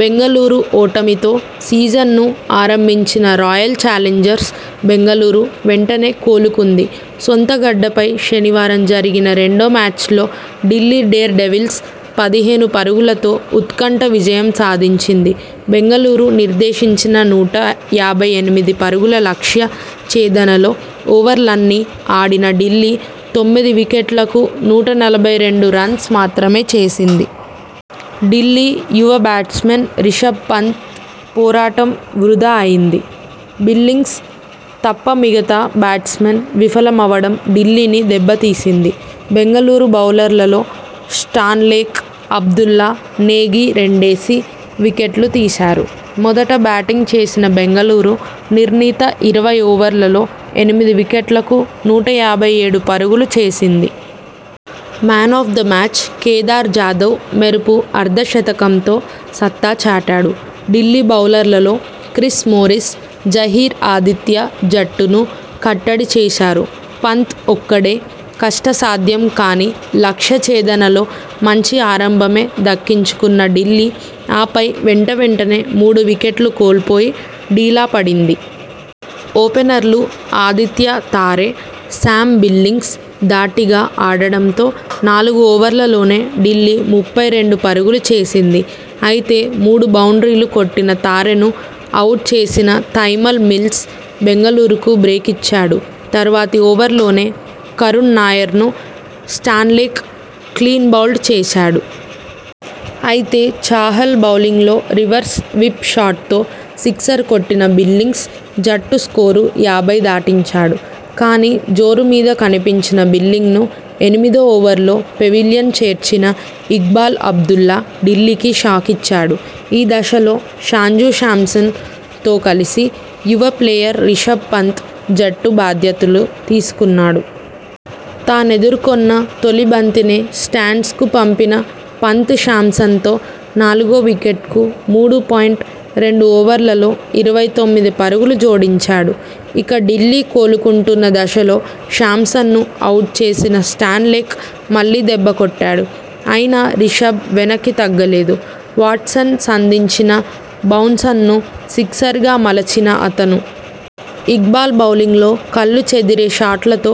బెంగళూరు ఓటమితో సీజన్ను ఆరంభించిన రాయల్ చాలెంజర్స్ బెంగళూరు వెంటనే కోలుకుంది. సొంతగడ్డపై శనివారం జరిగిన రెండో మ్యాచ్లో ఢిల్లీ డేర్ డెవిల్స్ పదిహేను పరుగులతో ఉత్కంఠ విజయం సాధించింది. బెంగళూరు నిర్దేశించిన నూట యాభై ఎనిమిది పరుగుల లక్ష్య ఛేదనలో ఓవర్లన్నీ ఆడిన ఢిల్లీ తొమ్మిది వికెట్లకు నూట నలభై రెండు రన్స్ మాత్రమే చేసింది. ఢిల్లీ యువ బ్యాట్స్మన్ రిషభ్ పంత్ పోరాటం వృథా అయింది. బిల్లింగ్స్ తప్ప మిగతా బ్యాట్స్మెన్ విఫలమవడం ఢిల్లీని దెబ్బ తీసింది. బెంగళూరు బౌలర్లలో స్టాన్లేక్, అబ్దుల్లా, నేగి రెండేసి వికెట్లు తీశారు. మొదట బ్యాటింగ్ చేసిన బెంగళూరు నిర్ణీత ఇరవై ఓవర్లలో ఎనిమిది వికెట్లకు నూట యాభై ఏడు పరుగులు చేసింది. 'Man of the match' Kedar Jadhav మెరుపు అర్ధ శతకంతో సత్తా చాటాడు. ఢిల్లీ బౌలర్లలో క్రిస్ మోరిస్, జహీర్ ఆతిథ్య జట్టును కట్టడి చేశారు. పంత్ ఒక్కడే.. కష్టసాధ్యం కాని లక్ష్య ఛేదనలో మంచి ఆరంభమే దక్కించుకున్న ఢిల్లీ ఆపై వెంటవెంటనే మూడు వికెట్లు కోల్పోయి డీలా పడింది. ఓపెనర్లు ఆదిత్య తారె, సామ్ బిల్లింగ్స్ ధాటిగా ఆడడంతో నాలుగు ఓవర్లలోనే ఢిల్లీ ముప్పై రెండు పరుగులు చేసింది. అయితే, మూడు బౌండ్రీలు కొట్టిన తారెను అవుట్ చేసిన తైమల్ మిల్స్ బెంగళూరుకు బ్రేక్ ఇచ్చాడు. తర్వాతి ఓవర్లోనే కరుణ్ నాయర్ ను స్టాన్లేక్ క్లీన్బౌల్డ్ చేశాడు. అయితే.. చాహల్ బౌలింగ్లో రివర్స్ విప్ షాట్తో సిక్సర్ కొట్టిన బిల్లింగ్స్ జట్టు స్కోరు యాభై దాటించాడు. కానీ.. జోరు మీద కనిపించిన బిల్లింగ్ను ఎనిమిదో ఓవర్లో పెవిలియన్ చేర్చిన ఇక్బాల్ అబ్దుల్లా ఢిల్లీకి షాకిచ్చాడు. ఈ దశలో శాంజూ శాంసన్ తో కలిసి యువ ప్లేయర్ రిషభ్ పంత్ జట్టు బాధ్యతలు తీసుకున్నాడు. తానెదుర్కొన్న తొలి బంతినే స్టాండ్స్కు పంపిన పంత్ శాంసన్తో నాలుగో వికెట్కు మూడు పాయింట్ రెండు ఓవర్లలో ఇరవై తొమ్మిది పరుగులు జోడించాడు. ఇక ఢిల్లీ కోలుకుంటున్న దశలో శాంసన్ను అవుట్ చేసిన స్టాన్లేక్ మళ్లీ దెబ్బకొట్టాడు. అయినా రిషభ్ వెనక్కితగ్గలేదు. వాట్సన్ సంధించిన బౌన్సన్ను సిక్సర్గా మలచిన అతను.. ఇక్బాల్ బౌలింగ్లో కళ్లు చెదిరే షాట్లతో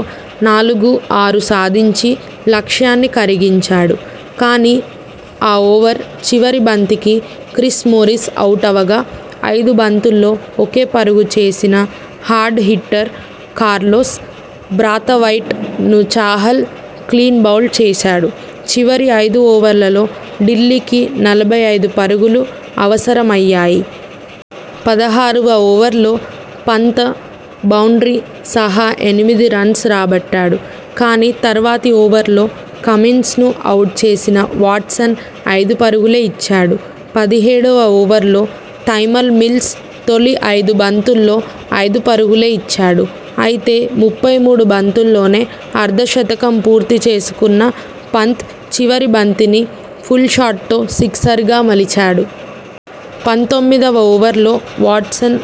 నాలుగు, ఆరు సాధించి లక్ష్యాన్ని కరిగించాడు. కానీ, ఆ ఓవర్ చివరి బంతికి క్రిస్ మోరిస్ అవుటవగా.. ఐదు బంతుల్లో ఒకే పరుగు చేసిన హార్డ్ హిట్టర్ కార్లోస్ బ్రాతవైట్ ను చాహల్ క్లీన్బౌల్డ్ చేశాడు. చివరి ఐదు ఓవర్లలో ఢిల్లీకి నలభై ఐదు పరుగులు అవసరమయ్యాయి. పదహారువ ఓవర్లో పంత బౌండ్రీ సహా ఎనిమిది రన్స్ రాబట్టాడు. కానీ, తర్వాతి ఓవర్లో కమిన్స్ ను అవుట్ చేసిన వాట్సన్ ఐదు పరుగులే ఇచ్చాడు. పదిహేడువ ఓవర్లో తైమల్ మిల్స్ తొలి ఐదు బంతుల్లో ఐదు పరుగులే ఇచ్చాడు. అయితే, ముప్పై మూడు బంతుల్లోనే అర్ధ శతకం పూర్తి చేసుకున్న పంత్ చివరి బంతిని పుల్షాట్తో సిక్సర్గా మలిచాడు. పంతొమ్మిదివ ఓవర్లో వాట్సన్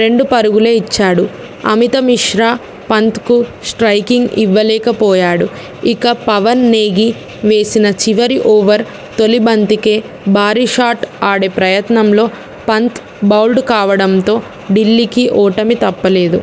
రెండు పరుగులే ఇచ్చాడు. అమిత మిశ్రా పంతకు స్ట్రయికింగ్ ఇవ్వలేకపోయాడు. ఇక, పవన్ నేగి వేసిన చివరి ఓవర్ తొలి బంతికే భారీషాట్ ఆడే ప్రయత్నంలో పంత బౌల్డ్ కావడంతో ఢిల్లీకి ఓటమి తప్పలేదు.